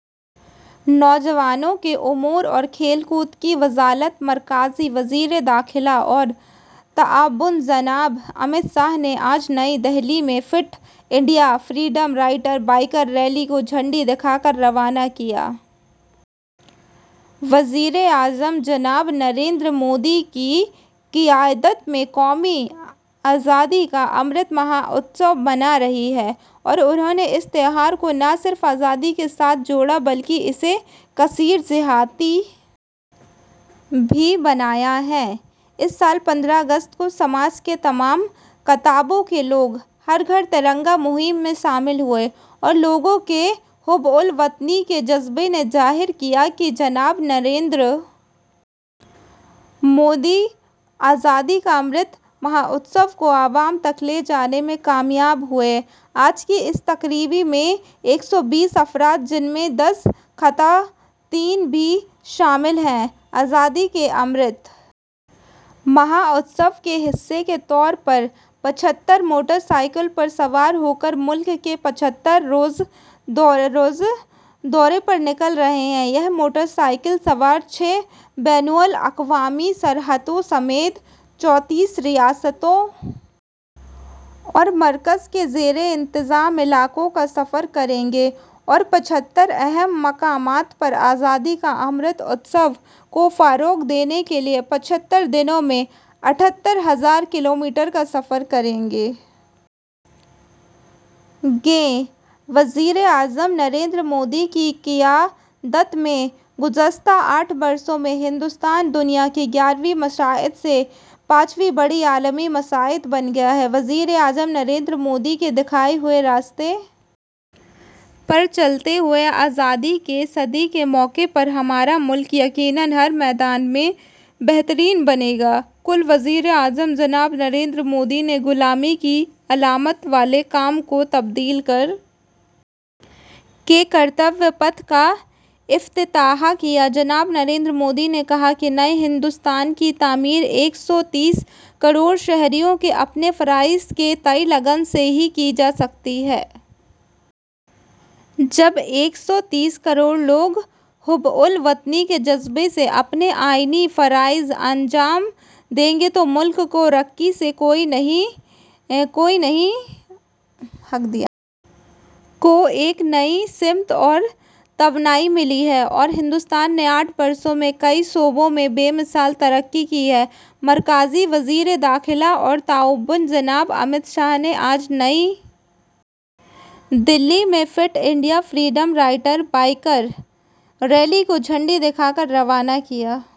نوجوانوں کے امور اور کھیل کود کی وزارت مرکزی وزیر داخلہ اور تعاون جناب امت شاہ نے آج نئی دہلی میں fit India freedom rider biker rally کو جھنڈی دکھا کر روانہ کیا وزیر اعظم جناب نریندر مودی کی قیادت میں قوم آزادی کا امرت مہوتسو منا رہی ہے اور انہوں نے اس تہوار کو نہ صرف آزادی کے ساتھ جوڑا ہے بلکہ اسے کثیر جہتی بھی بنایا ہے اس سال پندرہ اگست کو سماج کے تمام طبقوں کے لوگ ہر گھر ترنگا مہم میں شامل ہوئے اور لوگوں کے جذبہ حب الوطنی نے ظاہر کیا کہ جناب نریندر مودی آزادی کا امرت مہوتسو کو عوام تک لے جانے میں کامیاب ہوئے ہیں آج کی اس تقریب میں ایک سو بیس افراد جن میں دس خواتین بھی شامل ہیں آزادی کے امرت مہوتسو کے حصے کے طور پر پچھتر موٹر سائیکلوں پر سوار ہو کر ملک کے پچھتر روزہ دورے پر نکل رہے ہیں یہ موٹر سائیکل سوار چھ بین الاقوامی سرحدوں سمیت چونتیس ریاستوں اور مرکز کے زیر انتظام علاقوں کا سفر کریں گے اور پچھتر اہم مقامات پر آزادی کا امرت مہوتسو کو فروغ دینے کے لیے پچھتر دنوں میں اٹھارہ ہزار کلومیٹر کا سفر کریں گے وزیر اعظم نریندر مودی کی قیادت میں گزشتہ آٹھ برسوں میں ہندوستان دنیا کی گیارہویں معیشت سے پانچویں بڑی عالمی معیشت بن گیا ہے وزیر اعظم نریندر مودی کے دکھائے ہوئے راستے پر چلتے ہوئے آزادی کی صدی کے موقع پر ہمارا ملک یقیناً ہر میدان میں بہترین بنے گا کل وزیر اعظم جناب نریندر مودی نے غلامی کی علامت والے نام کو تبدیل کر کے کرتویہ پتھ کا افتتاح کیا جناب نریندر مودی نے کہا کہ نئے ہندوستان کی تعمیر ایک سو تیس کروڑ شہریوں کے اپنے فرائض کے تئیں لگن سے ہی کی جا سکتی ہے جب ایک سو تیس کروڑ لوگ حب الوطنی کے جذبے سے اپنے آئینی فرائض انجام دیں گے تو ملک کو ترقی سے کوئی نہیں روک سکتا جناب نریندر مودی کی قیادت میں قوم کو ایک نئی سمت اور توانائی ملی ہے اور ہندوستان نے آٹھ برسوں میں کئی شعبوں میں بے مثال ترقی کی ہے مرکزی وزیر داخلہ اور تعاون جناب امت شاہ نے آج نئی دہلی میں fit India freedom rider biker rally کو جھنڈی دکھا کر روانہ کیا